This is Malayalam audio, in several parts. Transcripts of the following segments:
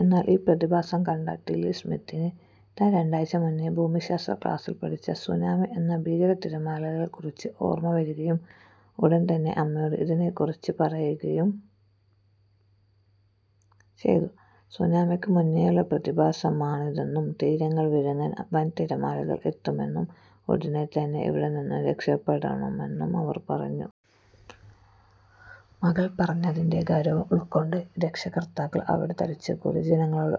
എന്നാൽ ഈ പ്രതിഭാസം കണ്ട ടില്ലി സ്മിത്തിന് താൻ രണ്ടാഴ്ച മുന്നേ ഭൂമിശാസ്ത്ര ക്ലാസിൽ പഠിച്ച സുനാമി എന്ന ഭീകര തിരമാലകളെക്കുറിച്ച് ഓർമ്മ വരുകയും ഉടൻ തന്നെ അമ്മയോട് ഇതിനെക്കുറിച്ച് പറയുകയും ചെയ്തു. സുനാമിക്കു മുന്നേയുളള പ്രതിഭാസമാണിതെന്നും തീരങ്ങൾ വിഴുങ്ങാൻ വൻ തിരമാലകൾ എത്തുമെന്നും ഉടനെ തന്നെ ഇവിടെ നിന്നും രക്ഷപ്പെടണമെന്നും അവൾ പറഞ്ഞു. മകൾ പറഞ്ഞതിന്റെ ഗൗരവം ഉൾക്കൊണ്ട് രക്ഷകർത്താക്കൾ അവിടെ തടിച്ചുകൂടിയ ജനങ്ങളോട്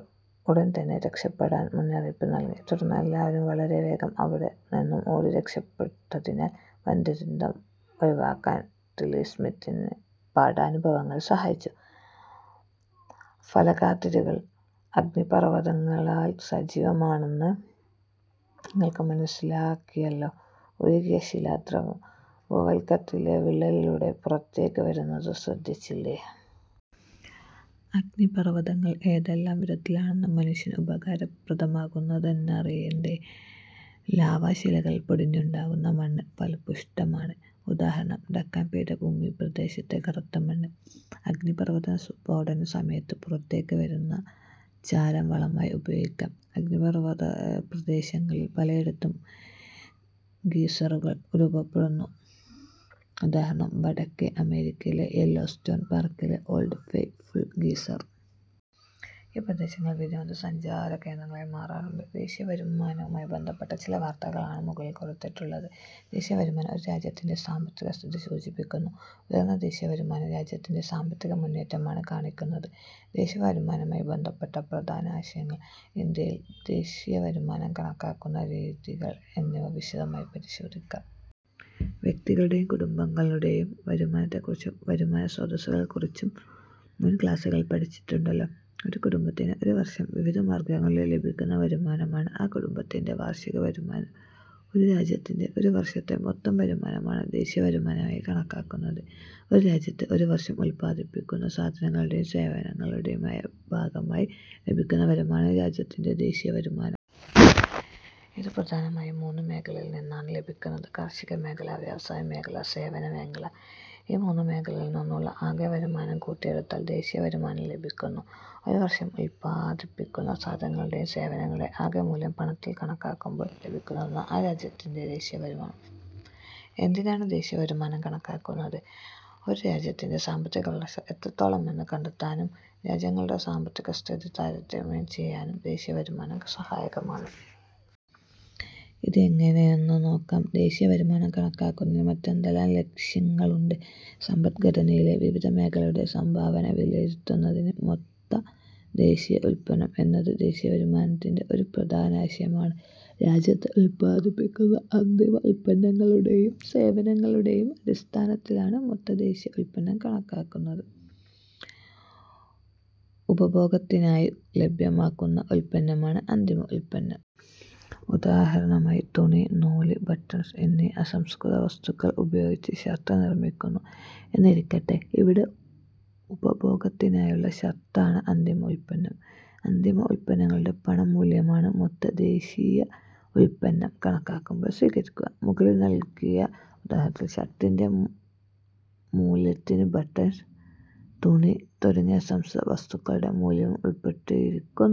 ഉടൻ തന്നെ രക്ഷപ്പെടാൻ മുന്നറിയിപ്പ് നൽകി. തുടർന്ന് എല്ലാവരും വളരെവേഗം അവിടെ നിന്ന് ഓടിരക്ഷപ്പെട്ടതിനാൽ വൻദുരന്തം ഒഴിവാക്കാൻ ടില്ലി സ്മിത്തിന്റെ പഠനാനുഭവങ്ങൾ സഹായിച്ചു. ഫലകാതിരുകൾ അഗ്നിപർവതങ്ങളാൽ സജീവമാണെന്ന് നിങ്ങൾ മനസ്സിലാക്കിയല്ലോ. ഉരുകിയ ശിലാദ്രവം ഭൂവൽക്കത്തിലെ വിള്ളലിലൂടെ പുറത്തേക്കു വരുന്നത് ശ്രദ്ധിച്ചില്ലേ. അഗ്നിപർവതങ്ങൾ ഏതെല്ലാം വിധത്തിലാണ് മനുഷ്യന് ഉപകാരപ്രദമാകുന്നതെന്നറിയേണ്ടേ? ലാവാശിലകൾ പൊടിഞ്ഞുണ്ടാകുന്ന മണ്ണ് ഫലഭൂയിഷ്ഠമാണ്. ഉദാഹരണം ഡക്കാൻ പീഠഭൂമി പ്രദേശത്തെ കറുത്തമണ്ണ്. അഗ്നിപർവതസ്ഫോടന സമയത്ത് പുറത്തേക്കു വരുന്ന ചാരം വളമായി ഉപയോഗിക്കാം. അഗ്നിപർവതപ്രദേശങ്ങളിൽ പലയിടത്തും ഗീസറുകൾ രൂപപ്പെടുന്നു. ഉദാഹരണം വടക്കെ അമേരിക്കയിലെ യെല്ലോ സ്റ്റോൺ പാർക്കിലെ ഓൾഡ് ഫെയ്ത് ഫുൾ ഗീസർ. ഈ പ്രദേശങ്ങൾ വിനോദ സഞ്ചാര കേന്ദ്രങ്ങളായി മാറാറുണ്ട്. ദേശീയവരുമാനവുമായി ബന്ധപ്പെട്ട ചില വാർത്തകളാണ് മുകളിൽ കൊടുത്തിട്ടുള്ളത്. ദേശീയവരുമാനം ഒരു രാജ്യത്തിന്റെ സാമ്പത്തികസ്ഥിതി സൂചിപ്പിക്കുന്നു. ഉയർന്ന ദേശീയ വരുമാനം രാജ്യത്തിന്റെ സാമ്പത്തികമുന്നേറ്റമാണ് കാണിക്കുന്നത്. ദേശീയവരുമാനവുമായി ബന്ധപ്പെട്ട പ്രധാനാശയങ്ങൾ, ഇന്ത്യയിൽ ദേശീയവരുമാനം കണക്കാക്കുന്ന രീതികൾ എന്നിവ വിശദമായി പരിശോധിക്കാം. വ്യക്തികളുടെയും കുടുംബങ്ങളുടെയും വരുമാനത്തെക്കുറിച്ചും വരുമാനസ്രോതസ്സുകളെക്കുറിച്ചും മുൻ ക്ലാസുകളിൽ പഠിച്ചിട്ടുണ്ടല്ലോ. ഒരു കുടുംബത്തിന് ഒരുവർഷം വിവിധ മാർഗങ്ങളിലൂടെ ലഭിക്കുന്ന വരുമാനമാണ് ആ കുടുംബത്തിന്റെ വാർഷികവരുമാനം. ഒരു രാജ്യത്തിന്റെ ഒരു വർഷത്തെ മൊത്തം വരുമാനമാണ് ദേശീയവരുമാനമായി കണക്കാക്കുന്നത്. ഒരു രാജ്യത്ത് ഒരു വർഷം ഉൽപ്പാദിപ്പിക്കുന്ന സാധനങ്ങളുടെയും സേവനങ്ങളുടെയും ഭാഗമായി ലഭിക്കുന്ന വരുമാനമാണ് രാജ്യത്തിന്റെ ദേശീയവരുമാനം. ഇത് പ്രധാനമായും മൂന്നു മേഖലകളിൽനിന്നാണ് ലഭിക്കുന്നത്. കാർഷികമേഖല, വ്യവസായമേഖല, സേവനമേഖല. ഈ മൂന്നു മേഖലകളിൽ നിന്നുമുള്ള ആകെ വരുമാനം കൂട്ടിയെടുത്താൽ ദേശീയവരുമാനം ലഭിക്കുന്നു. ഒരുവർഷം ഉൽപ്പാദിപ്പിക്കുന്ന സാധനങ്ങളുടെയും സേവനങ്ങളുടെയും ആകെ മൂല്യം പണത്തിൽ കണക്കാക്കുമ്പോൾ ലഭിക്കുന്നതാണ് ആ രാജ്യത്തിന്റെ ദേശീയവരുമാനം. എന്തിനാണ് ദേശീയവരുമാനം കണക്കാക്കുന്നത്? ഒരു രാജ്യത്തിന്റെ സാമ്പത്തികവളർച്ച എത്രത്തോളമെന്ന് കണ്ടെത്താനും രാജ്യങ്ങളുടെ സാമ്പത്തികസ്ഥിതി താരതമ്യം ചെയ്യാനും ദേശീയവരുമാനം സഹായകമാണ്. ഇത് എങ്ങനെയെന്നു നോക്കാം. ദേശീയവരുമാനം കണക്കാക്കുന്നതിന് മറ്റെന്തെല്ലാം ലക്ഷ്യങ്ങളുണ്ട്? സമ്പദ്ഘടനയിലെ വിവിധ മേഖലകളുടെ സംഭാവന വിലയിരുത്തുന്നതിന്. മൊത്ത ദേശീയ ഉൽപ്പന്നം എന്നത് ദേശീയവരുമാനത്തിന്റെ ഒരു പ്രധാന ആശയമാണ്. രാജ്യത്ത് ഉൽപ്പാദിപ്പിക്കുന്ന അന്തിമ ഉൽപ്പന്നങ്ങളുടെയും സേവനങ്ങളുടെയും അടിസ്ഥാനത്തിലാണ് മൊത്ത ദേശീയ ഉൽപ്പന്നം കണക്കാക്കുന്നത്. ഉപഭോഗത്തിനായി ലഭ്യമാകുന്ന ഉൽപ്പന്നമാണ് അന്തിമ ഉൽപ്പന്നം. ഉദാഹരണമായി, തുണി, നൂൽ, ബട്ടൺസ് എന്നീ അസംസ്കൃതവസ്തുക്കൾ ഉപയോഗിച്ച് ഷർട്ട് നിർമിക്കുന്നു എന്നിരിക്കട്ടെ. ഇവിടെ ഉപഭോഗത്തിനായുള്ള ഷർട്ട് ആണ് അന്തിമ ഉൽപ്പന്നം. അന്തിമ ഉൽപ്പന്നങ്ങളുടെ പണമൂല്യമാണ് മൊത്ത ദേശീയ ഉൽപ്പന്നം കണക്കാക്കുമ്പോൾ സ്വീകരിക്കുക. മുകളിൽ നൽകിയ ഉദാഹരണത്തിൽ ഷർട്ടിന്റെ മൂല്യത്തിൽ ബട്ടൻസ്, തുണി തുടങ്ങിയ അസംസ്കൃതവസ്തുക്കളുടെ മൂല്യവും ഉൾപ്പെട്ടിരിക്കുന്നു.